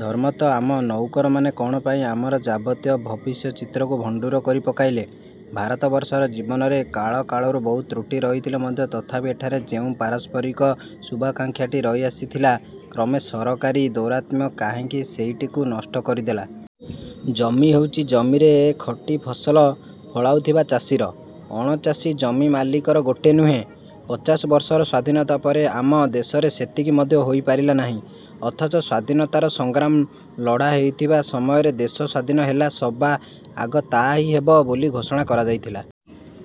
ଧର୍ମତଃ ଆମ ନଉକରମାନେ କଣ ପାଇଁ ଆମର ଯାବତୀୟ ଭବିଷ୍ୟଚିତ୍ରକୁ ଭଣ୍ଡୁର କରି ପକାଇଲେ? ଭାରତବର୍ଷର ଜୀବନରେ କାଳ କାଳରୁ ବହୁ ତ୍ରୁଟି ରହିଥିଲେ ମଧ୍ୟ ତଥାପି ଏଠାରେ ଯେଉଁ ପାରସ୍ପରିକ ଶୁଭାକାଙ୍କ୍ଷାଟି ରହି ଆସିଥିଲା, କ୍ରମେ ସରକାରୀ ଦୌରାତ୍ମ୍ୟ କାହିଁକି ସେଇଟିକୁ ନଷ୍ଟ କରିଦେଲା? ଜମି ହେଉଛି ଜମିରେ ଖଟି ଫସଲ ଫଳାଉଥିବା ଚାଷୀର। ଅଣଚାଷୀ ଜମିମାଲିକର ମୋଟେ ନୁହେଁ। ପଚାଶବର୍ଷର ସ୍ଵାଧୀନତା ପରେ ଆମ ଦେଶରେ ସେତିକି ମଧ୍ୟ ହୋଇପାରିଲା ନାହିଁ। ଅଥଚ ସ୍ଵାଧୀନତାର ସଂଗ୍ରାମ ଲଢ଼ା ହେଉଥିବା ସମୟରେ ଦେଶ ସ୍ୱାଧୀନ ହେଲେ ସବା ଆଗ ତାହା ହିଁ ହେବ ବୋଲି ଘୋଷଣା କରାଯାଇଥିଲା।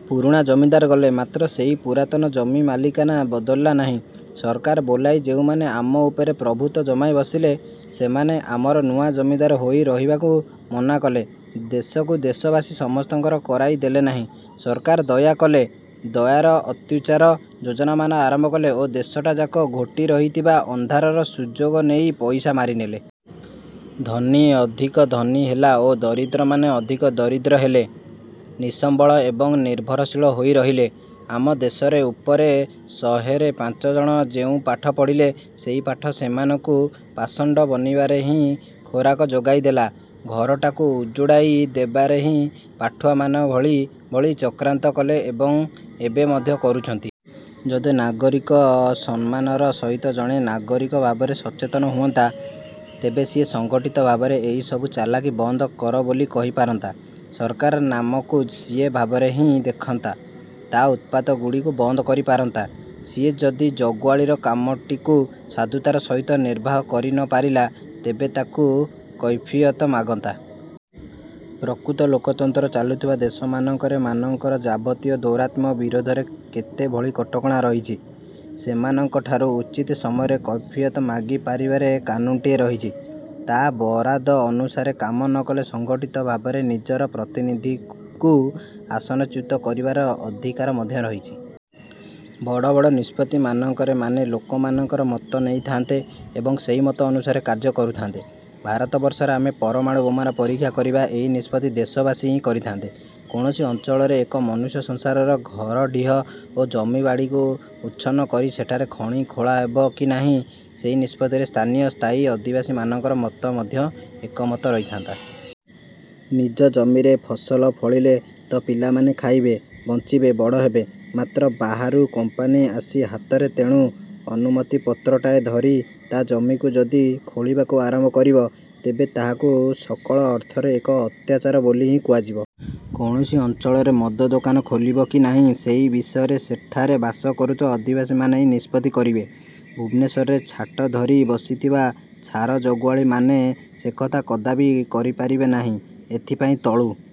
ପୁରୁଣା ଜମିଦାର ଗଲେ, ମାତ୍ର ସେହି ପୁରାତନ ଜମିମାଲିକାନା ବଦଳିଲା ନାହିଁ। ସରକାର ବୋଲାଇ ଯେଉଁମାନେ ଆମ ଉପରେ ପ୍ରଭୁତ୍ଵ ଜମାଇ ବସିଲେ, ସେମାନେ ଆମର ନୂଆ ଜମିଦାର ହୋଇ ରହିବାକୁ ମନ କଲେ। ଦେଶକୁ ଦେଶବାସୀ ସମସ୍ତଙ୍କର କରାଇ ଦେଲେ ନାହିଁ। ସରକାର ଦୟା କଲେ, ଦୟାର ଅତ୍ୟୁଦାର ଯୋଜନାମାନ ଆରମ୍ଭ କଲେ ଓ ଦେଶଟା ଯାକ ଘୋଟି ରହିଥିବା ଅନ୍ଧାରର ସୁଯୋଗ ନେଇ ପଇସା ମାରିନେଲେ। ଧନୀ ଅଧିକ ଧନୀ ହେଲା ଓ ଦରିଦ୍ରମାନେ ଅଧିକ ଦରିଦ୍ର ହେଲେ। ନିଃସମ୍ବଳ ଏବଂ ନିର୍ଭରଶୀଳ ହୋଇ ରହିଲେ। ଆମ ଦେଶରେ ଉପରେ ଶହେରେ ପାଞ୍ଚଜଣ ଯେଉଁ ପାଠ ପଢ଼ିଲେ, ସେହି ପାଠ ସେମାନଙ୍କୁ ପାଷଣ୍ଡ ବନିବାରେ ହିଁ ଖୋରାକ ଯୋଗାଇ ଦେଲା। ଘରଟାକୁ ଉଜୁଡାଇ ଦେବାରେ ହିଁ ପାଠୁଆମାନେ ଭଳି ଭଳି ଚକ୍ରାନ୍ତ କଲେ ଓ ଏବେ ମଧ୍ୟ କରୁଛନ୍ତି। ଯଦି ନାଗରିକ ସମ୍ମାନର ସହିତ ଜଣେ ନାଗରିକ ଭାବରେ ସଚେତନ ହୁଅନ୍ତା, ତେବେ ସିଏ ସଂଗଠିତ ଭାବରେ ଏହି ସବୁ ଚାଲାଖି ବନ୍ଦ କରବୋଲି କହିପାରନ୍ତା। ସରକାର ନାମକ କୁ ସିଏ ଭାବରେ ହିଁ ଦେଖନ୍ତା। ତା' ଊତ୍ପାତ ଗୁଡ଼ିକୁ ବନ୍ଦ କରିପାରନ୍ତା। ସିଏ ଯଦି ଜଗୁଆଳୀର କାମଟିକୁ ସାଧୁତାର ସହିତ ନିର୍ବାହ କରି ନପାରିଲା, ତେବେ ତାକୁ କୈଫିୟତ ମାଗନ୍ତା। ପ୍ରକୃତ ଲୋକତନ୍ତ୍ର ଚାଲୁଥିବା ଦେଶମାନଙ୍କରେ ମାନଙ୍କର ଯାବତୀୟ ଦୌରାତ୍ମ୍ୟ ବିରୋଧରେ କେତେ ଭଳି କଟକଣା ରହିଛି। ସେମାନଙ୍କ ଠାରୁ ଉଚିତ ସମୟରେ କୈଫିୟତ ମାଗି ପାରିବାର କାନୁନ୍ଟିଏ ରହିଛି। ତା' ବରାଦ ଅନୁସାରେ କାମ ନକଲେ ସଂଗଠିତ ଭାବରେ ନିଜର ପ୍ରତିନିଧିଙ୍କୁ ଆସନଚ୍ୟୁତ କରିବାର ଅଧିକାର ମଧ୍ୟ ରହିଛି। ବଡ଼ ବଡ଼ ନିଷ୍ପତ୍ତିମାନଙ୍କରେ ମାନେ ଲୋକମାନଙ୍କର ମତ ନେଉଥାନ୍ତେ ଏବଂ ସେହି ମତ ଅନୁସାରେ କାର୍ଯ୍ୟ କରୁଥାନ୍ତେ। ଭାରତବର୍ଷରେ ଆମେ ପରମାଣୁ ବୋମାର ପରୀକ୍ଷା କରିବା, ଏହି ନିଷ୍ପତ୍ତି ଦେଶବାସୀ ହିଁ କରିଥାନ୍ତେ। କୌଣସି ଅଞ୍ଚଳରେ ଏକ ମନୁଷ୍ୟସଂସାରର ଘରଡ଼ିହ ଓ ଜମିବାଡ଼ିକୁ ଉଚ୍ଛନ୍ନ କରି ସେଠାରେ ଖଣି ଖୋଳା ହେବ କି ନାହିଁ ସେହି ନିଷ୍ପତ୍ତିରେ ସ୍ଥାନୀୟ ସ୍ଥାୟୀ ଅଧିବାସୀମାନଙ୍କର ମଧ୍ୟ ଏକମତ ରହିଥାନ୍ତା। ନିଜ ଜମିରେ ଫସଲ ଫଳିଲେ ତ ପିଲାମାନେ ଖାଇବେ, ବଂଚିବେ, ବଡ଼ ହେବେ। ମାତ୍ର ବାହାରୁ କୋମ୍ପାନୀ ଆସି ହାତରେ ତେଣୁ ଅନୁମତିପତ୍ରଟାଏ ଧରି ତା ଜମିକୁ ଯଦି ଖୋଳିବାକୁ ଆରମ୍ଭ କରିବ, ତେବେ ତାହାକୁ ସକଳ ଅର୍ଥରେ ଏକ ଅତ୍ୟାଚାର ବୋଲି ହିଁ କୁହାଯିବ। କୌଣସି ଅଂଚଳରେ ମଦ ଦୋକାନ ଖୋଲିବ କି ନାହିଁ, ସେହି ବିଷୟରେ ସେଠାରେ ବାସ କରୁଥିବା ଅଧିବାସୀମାନେ ହିଁ ନିଷ୍ପତ୍ତି କରିବେ। ଭୁବନେଶ୍ୱରରେ ଛାଟ ଧରି ବସିଥିବା ଛାର ଜଗୁଆଳୀମାନେ ସେକଥା କଦାପି କରିପାରିବେ ନାହିଁ। ଏଥିପାଇଁ ତଳୁ